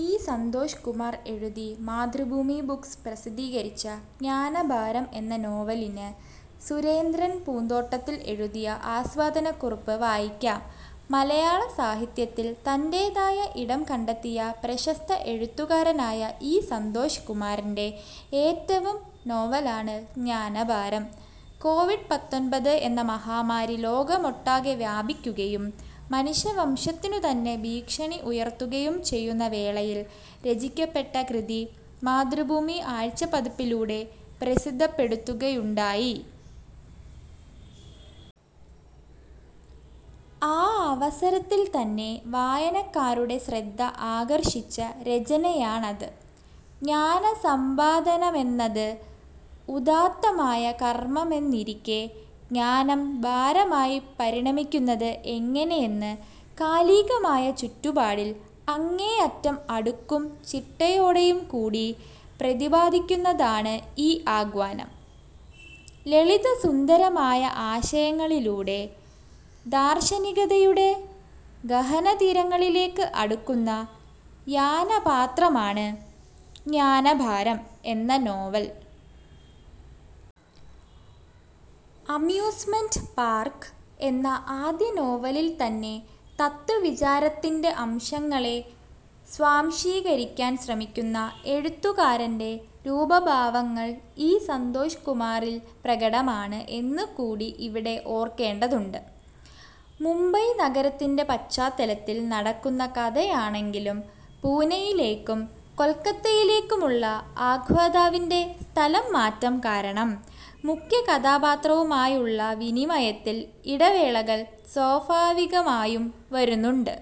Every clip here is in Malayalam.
ഇ. സന്തോഷ്കുമാർ എഴുതി മാതൃഭൂമി ബുക്സ് പ്രസിദ്ധീകരിച്ച ' ജ്ഞാനഭാരം ' എന്ന നോവലിന് സുരേന്ദ്രൻ പൂന്തോട്ടത്തിൽ എഴുതിയ ആസ്വാദനക്കുറിപ്പ് വായിക്കാം. മലയാള സാഹിത്യത്തിൽ തന്‍റേതായ ഇടം കണ്ടെത്തിയ പ്രശസ്ത എഴുത്തുകാരനായ ഇ. സന്തോഷ് കുമാറിന്‍റെ ഏറ്റവും നോവലാണ് '' ജ്ഞാനഭാരം ''. കോവിഡ് പത്തൊൻബത്ത് എന്ന മഹാമാരി ലോകമൊട്ടാകെ വ്യാപിക്കുകയും മനുഷ്യവംശത്തിനു തന്നെ ഭീഷണി ഉയർത്തുകയും ചെയ്യുന്ന വേളയിൽ രചിക്കപ്പെട്ട കൃതി മാതൃഭൂമി ആഴ്ചപ്പതിപ്പിലൂടെ പ്രസിദ്ധപ്പെടുത്തുകയുണ്ടായി. ആ അവസരത്തിൽ തന്നെ വായനക്കാരുടെ ശ്രദ്ധ ആകർഷിച്ച രചനയാണത്. ജ്ഞാനസമ്പാദനമെന്നത് ഉദാത്തമായ കർമ്മമെന്നിരിക്കെ ജ്ഞാനം ഭാരമായി പരിണമിക്കുന്നത് എങ്ങനെയെന്ന് കാലികമായ ചുറ്റുപാടിൽ അങ്ങേയറ്റം അടുക്കും ചിട്ടയോടെയും കൂടി പ്രതിപാദിക്കുന്നതാണ് ഈ ആഖ്യാനം. ലളിതസുന്ദരമായ ആശയങ്ങളിലൂടെ ദാർശനികതയുടെ ഗഹനതീരങ്ങളിലേക്ക് അടുക്കുന്ന യാനപാത്രമാണ് ' ജ്ഞാനഭാരം ' എന്ന നോവൽ. ' അമ്യൂസ്മെന്‍റ് പാർക്ക് ' എന്ന ആദ്യനോവലിൽ തന്നെ തത്വവിചാരത്തിന്റെ അംശങ്ങളെ സ്വാംശീകരിക്കാൻ ശ്രമിക്കുന്ന എഴുത്തുകാരന്‍റെ രൂപഭാവങ്ങൾ ഇ. സന്തോഷ്കുമാറിൽ പ്രകടമാണ് എന്ന് കൂടി ഇവിടെ ഓർക്കേണ്ടതുണ്ട്. മുംബൈ നഗരത്തിന്‍റെ പശ്ചാത്തലത്തിൽ നടക്കുന്ന കഥയാണെങ്കിലും പൂനയിലേക്കും കൊൽക്കത്തയിലേക്കും ഉള്ള ആഖ്യാതാവിന്‍റെ സ്ഥലംമാറ്റം കാരണം മുഖ്യകഥാപാത്രവുമായുള്ള വിനിമയത്തിൽ ഇടവേളകൾ സ്വാഭാവികമായും വരുന്നുണ്ട്.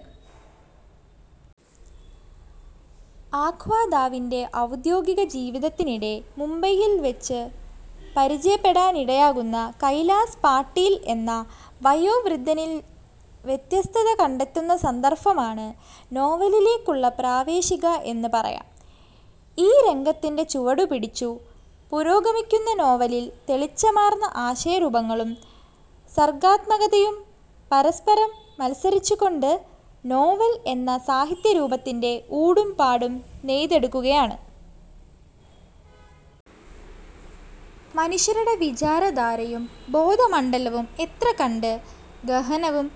ആഖ്യാതാവിന്‍റെ ഔദ്യോഗിക ജീവിതത്തിനിടെ മുംബൈയിൽ വച്ച് പരിചയപ്പെടാൻ ഇടയാകുന്ന കൈലാസ് പാട്ടീൽ എന്ന വയോവൃദ്ധനിൽ വ്യത്യസ്തത കണ്ടെത്തുന്ന സന്ദർഭമാണ് നോവലിലേക്കുള്ള പ്രവേശിക എന്ന് പറയാം. ഈ രംഗത്തിന്‍റെ ചുവടുപിടിച്ചു പുരോഗമിക്കുന്ന നോവലിൽ തെളിച്ചമാർന്ന ആശയരൂപങ്ങളും സർഗാത്മകതയും പരസ്പരം മത്സരിച്ചുകൊണ്ട് ' നോവൽ ' എന്ന സാഹിത്യരൂപത്തിന്റെ ഊടും പാവും നെയ്തെടുക്കുകയാണ്. മനുഷ്യരുടെ വിചാരധാരയും ബോധമണ്ഡലവും എത്രകണ്ട് ഗഹനവും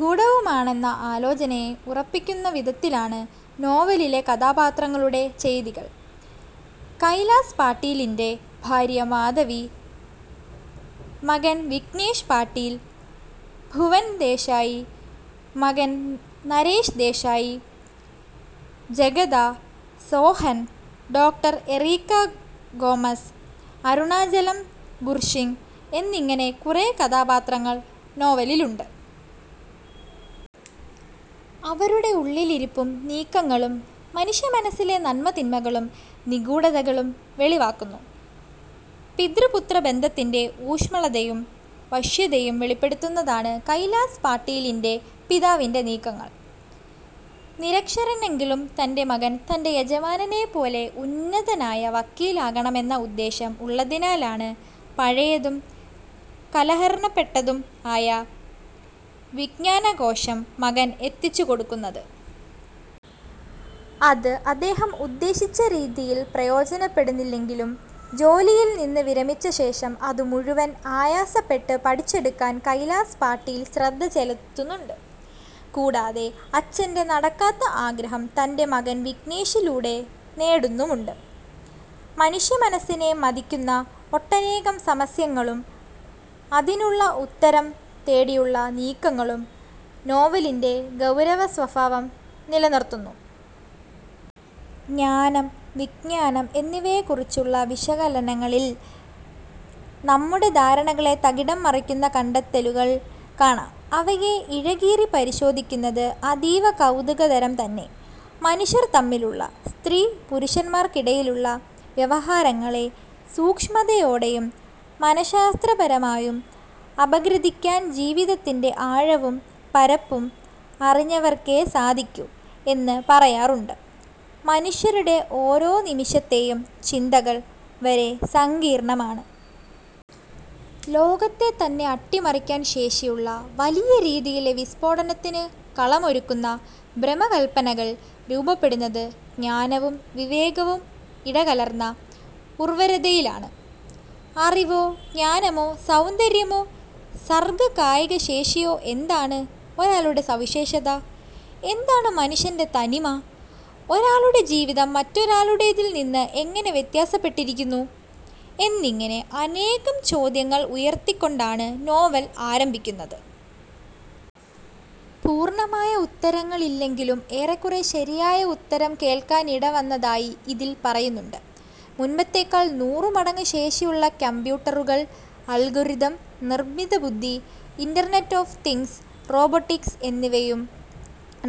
ഗൂഢവുമാണെന്ന ആലോചനയെ ഉറപ്പിക്കുന്നവിധത്തിലാണ് നോവലിലെ കഥാപാത്രങ്ങളുടെ ചെയ്തികൾ. കൈലാസ് പാട്ടീലിന്‍റെ ഭാര്യ മാധവി, മകൻ വിഘ്നേഷ് പാട്ടീൽ, ഭുവൻ ദേശായ്, മകൻ നരേഷ് ദേശായ്, ജഗദ, സോഹൻ, ഡോ. എറീക്ക ഗോമസ് അരുണാചലം ഖുർഷിദ് എന്നിങ്ങനെ കുറെ കഥാപാത്രങ്ങൾ നോവലിലുണ്ട്. അവരുടെ ഉള്ളിലിരിപ്പും നീക്കങ്ങളും മനുഷ്യമനസ്സിലെ നന്മതിന്മകളും നിഗൂഢതകളും വെളിവാക്കുന്നു. പിതൃ-പുത്ര ബന്ധത്തിന്‍റെ ഊഷ്മളതയും വശ്യതയും വെളിപ്പെടുന്നതാണ് കൈലാസ് പാട്ടീലിന്‍റെ പിതാവിന്‍റെ നീക്കങ്ങൾ. നിരക്ഷരനെങ്കിലും തന്‍റെ മകൻ തന്‍റെ യജമാനനെ പോലെ ഉന്നതനായ വക്കീൽ ആകണമെന്ന ഉദ്ദേശ്യം ഉള്ളതിനാലാണ് പഴയതും കലഹരണപ്പെട്ടതും ആയ വിജ്ഞാനകോശം മകൻ എത്തിച്ചു കൊടുക്കുന്നത്. അത് അദ്ദേഹം ഉദ്ദേശിച്ച രീതിയിൽ പ്രയോജനപ്പെടുന്നില്ലെങ്കിലും, ജോലിയിൽ നിന്ന് വിരമിച്ച ശേഷം അതു മുഴുവൻ ആയാസപ്പെട്ട് പഠിച്ചെടുക്കാൻ കൈലാസ് പാട്ടീൽ ശ്രദ്ധ ചെലുത്തുന്നുണ്ട്. കൂടാതെ അച്ഛന്‍റെ നടക്കാത്ത ആഗ്രഹം തന്‍റെ മകൻ വിഘ്നേഷിലൂടെ നേടുന്നുമുണ്ട്. മനുഷ്യമനസ്സിനെ മഥിക്കുന്ന ഒട്ടനേകം സമസ്യകളും അതിനുള്ള ഉത്തരം തേടിയുള്ള നീക്കങ്ങളും നോവലിന്‍റെ ഗൗരവസ്വഭാവം നിലനിർത്തുന്നു. ജ്ഞാനം വിജ്ഞാനം എന്നിവയെ കുറിച്ചുള്ള വിശകലനങ്ങളിൽ നമ്മുടെ ധാരണകളെ തകിടം മറിക്കുന്ന കണ്ടെത്തലുകൾ കാണാം. അവയെ ഇഴകീറി പരിശോധിക്കുന്നത് അതീവ കൗതുകതരം തന്നെ. മനുഷ്യർ തമ്മിലുള്ള -സ്ത്രീ, പുരുഷന്മാർക്കിടയിലുള്ള- വ്യവഹാരങ്ങളെ സൂക്ഷ്മതയോടെയും മന:ശാസ്ത്രപരമായും അപഗ്രഥിക്കാൻ ജീവിതത്തിന്‍റെ ആഴവും പരപ്പും അറിഞ്ഞവർക്കേ സാധിക്കൂ എന്ന് പറയാറുണ്ട്. മനുഷ്യരുടെ ഓരോ നിമിഷത്തെയും ചിന്തകൾ വരെ സങ്കീർണമാണ്. ലോകത്തെ തന്നെ അട്ടിമറിക്കാൻ ശേഷിയുള്ള, വലിയ രീതിയിലെ വിസ്ഫോടനത്തിനു കളമൊരുക്കുന്ന ഭ്രമകല്പനകൾ രൂപപ്പെടുന്നത് ജ്ഞാനവും വിവേകവും ഇടകലർന്ന ഉർവ്വരതയിലാണ്. അറിവോ ജ്ഞാനമോ സൗന്ദര്യമോ സർഗ്ഗകായികശേഷിയോ എന്താണ് ഒരാളുടെ സവിശേഷത? എന്താണ് മനുഷ്യന്‍റെ തനിമ? ഒരാളുടെ ജീവിതം മറ്റൊരാളുടേതിൽനിന്ന് എങ്ങനെ വ്യത്യാസപ്പെട്ടിരിക്കുന്നു? എന്നിങ്ങനെ അനേകം ചോദ്യങ്ങൾ ഉയർത്തിക്കൊണ്ടാണ് നോവൽ ആരംഭിക്കുന്നത്. പൂർണ്ണമായ ഉത്തരങ്ങൾ ഇല്ലെങ്കിലും ഏറെക്കുറെ ശരിയായ ഉത്തരം കേൾക്കാനിടവന്നതായി ഇതിൽ പറയുന്നുണ്ട്. മുമ്പത്തേക്കാൾ നൂറു മടങ്ങു ശേഷിയുള്ള കമ്പൂട്ടറുകൾ, അൽഗോരിതം, നിർമ്മിതബുദ്ധി, ഇന്റർനെറ്റ് ഓഫ് തിങ്ങ്സ്, റോബോട്ടിക്സ് എന്നിവയും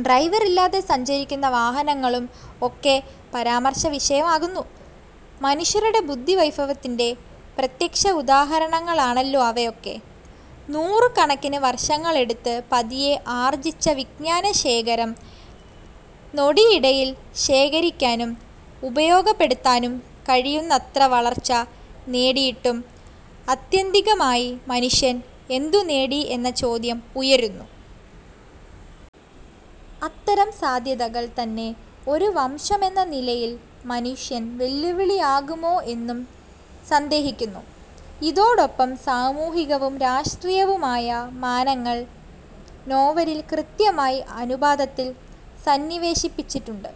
ഡ്രൈവറില്ലാതെ സഞ്ചരിക്കുന്ന വാഹനങ്ങളും ഒക്കെ പരാമർശ വിഷയമാകുന്നു. മനുഷ്യരുടെ ബുദ്ധിവൈഭവത്തിന്റെ പ്രത്യക്ഷ ഉദാഹരണങ്ങളാണല്ലോ അവയൊക്കെ. നൂറുകണക്കിന് വർഷങ്ങളെടുത്ത് പതിയെ ആർജ്ജിച്ച വിജ്ഞാനശേഖരം നൊടിയിടയിൽ ശേഖരിക്കാനും ഉപയോഗപ്പെടുത്താനും കഴിയുന്നത്ര വളർച്ച നേടിയിട്ടും ആത്യന്തികമായി മനുഷ്യൻ എന്തുനേടി എന്ന ചോദ്യം ഉയരുന്നു. അത്തരം സാധ്യതകൾ തന്നെ ഒരു വംശം എന്ന നിലയിൽ മനുഷ്യൻ വെല്ലുവിളിയാകുമോ എന്നും സന്ദേഹിക്കുന്നു. ഇതോടൊപ്പം സാമൂഹികവും രാഷ്ട്രീയവുമായ മാനങ്ങൾ നോവലിൽ കൃത്യമായ അനുപാതത്തിൽ സന്നിവേശിപ്പിച്ചിട്ടുണ്ട്.